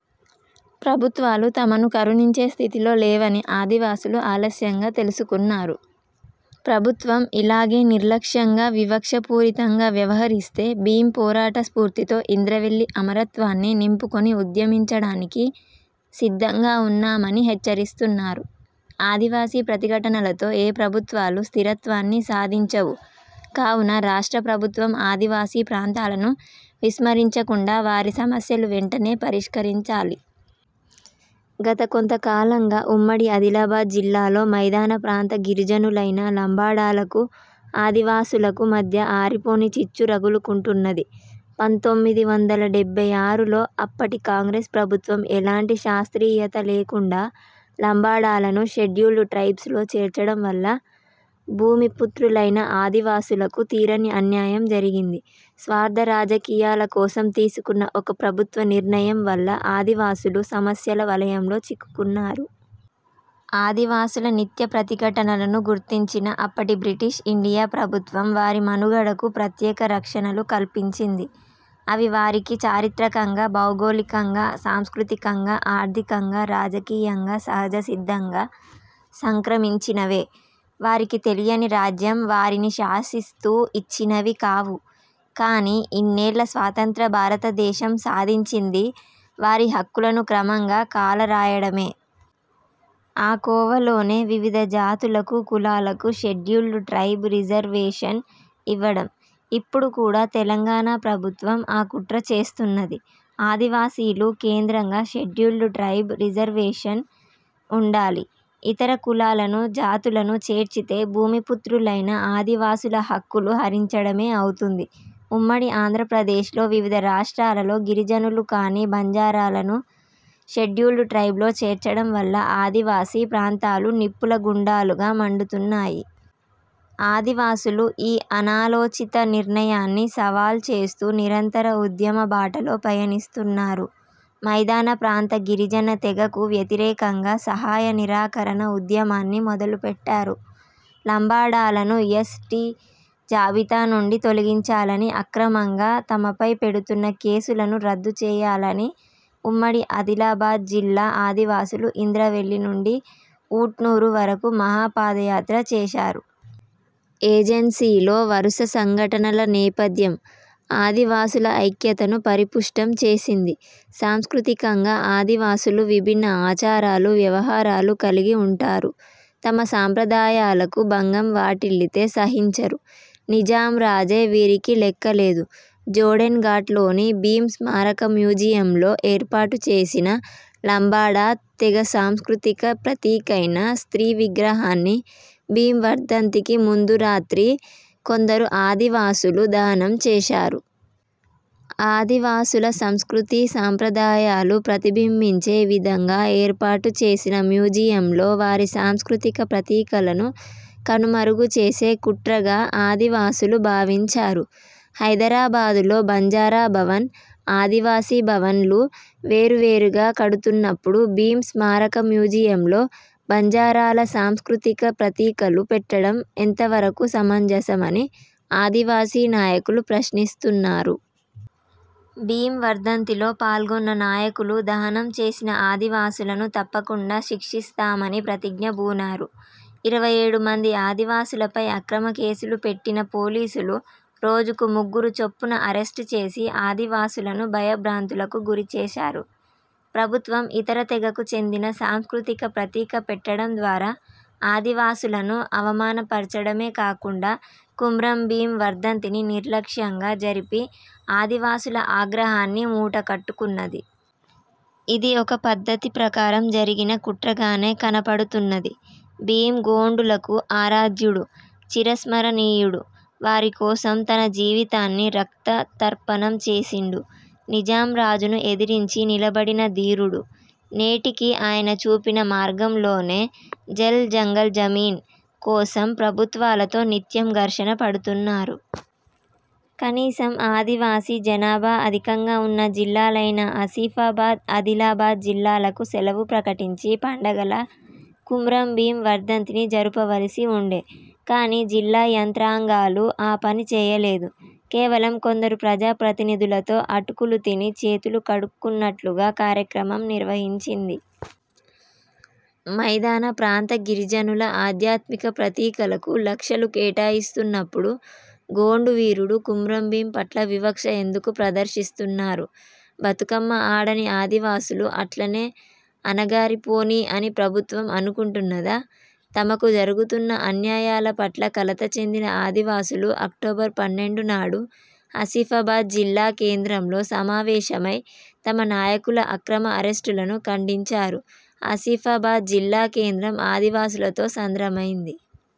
ప్రభుత్వాలు తమను కరుణించే స్థితిలో లేవని ఆదివాసులు ఆలస్యంగా తెలుసుకున్నారు. ప్రభుత్వం ఇలాగే నిర్లక్ష్యంగా, వివక్ష పూరితంగా వ్యవహరిస్తే, భీం పోరాట స్ఫూర్తితో ఇంద్రవెల్లి అమరత్వాన్ని నింపుకొని ఉద్యమించడానికి సిద్ధంగా ఉన్నామని హెచ్చరిస్తున్నారు. ఆదివాసీ ప్రతిఘటనలతో ఏ ప్రభుత్వాలు స్థిరత్వాన్ని సాధించవు. కావున రాష్ట్ర ప్రభుత్వం ఆదివాసీ ప్రాంతాలను విస్మరించకుండా వారి సమస్యలు వెంటనే పరిష్కరించాలి. గత కొంత కాలంగా ఉమ్మడి ఆదిలాబాద్ జిల్లాలో మైదాన ప్రాంత గిరిజనులైన లంబాడాలకు ఆదివాసులకు మధ్య ఆరిపోని చిచ్చు రగులుకుంటున్నది. పంతొమ్మిది వందల డెబ్బై ఆరులో అప్పటి కాంగ్రెస్ ప్రభుత్వం ఎలాంటి శాస్త్రీయత లేకుండా లంబాడాలను షెడ్యూల్డ్ ట్రైబ్స్ లో చేర్చడం వల్ల భూమి పుత్రులైన ఆదివాసులకు తీరని అన్యాయం జరిగింది స్వార్థ రాజకీయాల కోసం తీసుకున్న ''ఒక ప్రభుత్వ నిర్ణయం'' వల్ల ఆదివాసులు సమస్యల వలయంలో చిక్కుకున్నారు. ఆదివాసుల నిత్య ప్రతిఘటనలను గుర్తించిన అప్పటి బ్రిటిష్ ఇండియా ప్రభుత్వం వారి మనుగడకు ప్రత్యేక రక్షణలు కల్పించింది. అవి వారికి చారిత్రకంగా, భౌగోళికంగా, సాంస్కృతికంగా, ఆర్థికంగా, రాజకీయంగా సహజ సిద్ధంగా సంక్రమించినవే. వారికి తెలియని రాజ్యం వారిని శాసిస్తూ ఇచ్చినవి కావు. కాని ఇన్నేళ్ల స్వతంత్ర భారతదేశం సాధించింది వారి హక్కులను క్రమంగా కాలరాయడమే. ఆ కోవలోనే వివిధ జాతులకు, కులాలకు షెడ్యూల్డ్ ట్రైబ్ రిజర్వేషన్ ఇవ్వడం. ఇపుడు కూడా తెలంగాణ ప్రభుత్వం ఆ కుట్ర చేస్తున్నది. ఆదివాసీలు కేంద్రంగా షెడ్యూల్డ్ ట్రైబ్ రిజర్వేషన్ ఉండాలి. ఇతర కులాలను, జాతులను చేర్చితే భూమి పుత్రులైన ఆదివాసుల హక్కులు హరించడమే అవుతుంది. ఉమ్మడి ఆంధ్రప్రదేశ్లో, వివిధ రాష్ట్రాలలో గిరిజనులు కాని బంజారాలను షెడ్యూల్డ్ ట్రైబ్లో చేర్చడంవల్ల ఆదివాసీ ప్రాంతాలు నిప్పుల గుండాలుగా మండుతున్నాయి. ఆదివాసులు ఈ అనాలోచిత నిర్ణయాన్ని సవాల్ చేస్తూ నిరంతర ఉద్యమ బాటలో పయనిస్తున్నారు. మైదాన ప్రాంత గిరిజన తెగకు వ్యతిరేకంగా 'సహాయ నిరాకరణ ఉద్యమాన్ని' మొదలుపెట్టారు. 'లంబాడాలను యస్. టి జాబితా నుండి తొలగించాలని', అక్రమంగా తమపై పెడుతున్న కేసులను రద్దు చేయాలని ఉమ్మడి ఆదిలాబాద్ జిల్లా ఆదివాసులు ఇంద్రవెల్లి నుండి ఊట్నూర్ వరకు 'మహా పాదయాత్ర' చేశారు. ఏజెన్సీలో 'వరస సంఘటనల నేపథ్యం' ఆదివాసుల ఐక్యతను పరిపుష్టం చేసింది. సాంస్కృతికంగా ఆదివాసులు విభిన్న ఆచారాలు, వ్వవహారాలు కలిగి ఉంటారు. తమ సంప్రదాయాలకు భంగం వాటిల్లితే సహించరు. ''నిజాం రాజే'' వీరికి లెక్కలేదు. జోడెన్ ఘాట్లోని భీం స్మారక మ్యూజియంలో ఏర్పాటుచేసిన లంబాడా తెగ సాంస్కృతిక ప్రతీకైన స్త్రీ విగ్రహాన్ని భీం వర్ధంతికి ముందు రాత్రి కొందరు ఆది వాసులు దహనం చేశారు. ఆదివాసుల సంస్కృతీ సంప్రదాయాలు ప్రతిబింబించే విధంగా ఏర్పాటు చేసిన మ్యూజియంలో వారి సాంస్కృతిక ప్రతీకలను కనుమరుగు చేసే కుట్రగా ఆదివాసులు భావించారు. ''హైదరాబాదులో 'బంజార భవన్', 'ఆదివాసి భవన్'లు వేరు వేరుగా కడుతున్నపుడు భీం స్మారక మ్యూజియంలో బంజారాల సాంస్కృతిక ప్రతీకలు పెట్టడం ఎంతవరకు సమంజసమని'' ఆదివాసీ నాయకులు ప్రశ్నిస్తున్నారు. భీం వర్ధంతిలో పాల్గొన్న నాయకులు దహనం చేసిన ఆదివాసులను తప్పకుండా శిక్షిస్తామని ప్రతిజ్ఞ బూనారు. ఇరవై ఏడు మంది ఆదివాసులపై అక్రమ కేసులు పెట్టిన పోలీసులు రోజుకు ముగ్గురు చొప్పున అరెస్టు చేసి ఆదివాసులను భయ భ్రాంతులకు గురిచేశారు. ప్రభుత్వం ఇతర తెగకు చెందిన సాంస్కృతిక ప్రతీక పెట్టడం ద్వారా ఆదివాసులను అవమాన పర్చడమే కాకుండా కుమ్రం భీం వర్ధంతిని నిర్లక్ష్యంగా జరిపి, ఆదివాసుల ఆగ్రహాన్ని మూటకట్టుకున్నది. ఇది ఒక పద్ధతి ప్రకారం జరిగిన కుట్రగానే కనపడుతున్నది. భీం గోండులకు ఆరాధ్యుడు, చిరస్మరణీయుడు. వారి కోసం తన జీవితాన్ని రక్త తర్పణం చేసిండు. నిజాం రాజును ఎదిరించి నిలబడిన ధీరుడు. నేటికి ఆయన చూపిన మార్గంలోనే జల్, జంగల్, జమీన్ కోసం ప్రభుత్వాలతో నిత్యం ఘర్షణ పడుతున్నారు. కనీసం ఆదివాసీ జనాభా అధికంగా ఉన్న జిల్లాలైన ఆసిఫాబాద్, ఆదిలాబాద్ జిల్లాలకు సెలవు ప్రకటించి పండగలా కుమ్రం భీం వర్ధంతిని జరుపవలసి ఉండే. కాని, జిల్లా యంత్రాంగాలు ఆ పని చేయలేదు. కేవలం కొందరు ప్రజా ప్రతినిధులతో ''అటుకులు తిని చేతులు కడుక్కున్నట్లుగా'' కార్యక్రమం నిర్వహించింది. మైదాన ప్రాంత గిరిజనుల ఆధ్యాత్మిక ప్రతీకలకు లక్షలు కేటాయిస్తున్నపుడు గోండు వీరుడు కుమ్రం భీం పట్ల వివక్ష ఎందుకు ప్రదర్శిస్తున్నారు? బతుకమ్మ ఆడని ఆదివాసులు అట్లనే అణగారి పోనీ అని ప్రభుత్వం అనుకుంటున్నదా? తమకు జరుగుతున్న అన్యాయాల పట్ల కలత చెందిన ఆదివాసులు అక్టోబర్ పన్నెండు నాడు ఆసిఫాబాద్ జిల్లా కేంద్రంలో సమావేశమై తమ నాయకుల అక్రమ అరెస్టులను ఖండించారు ఆసిఫాబాద్ జిల్లా కేంద్రం ఆదివాసులతో సంద్రమైంది.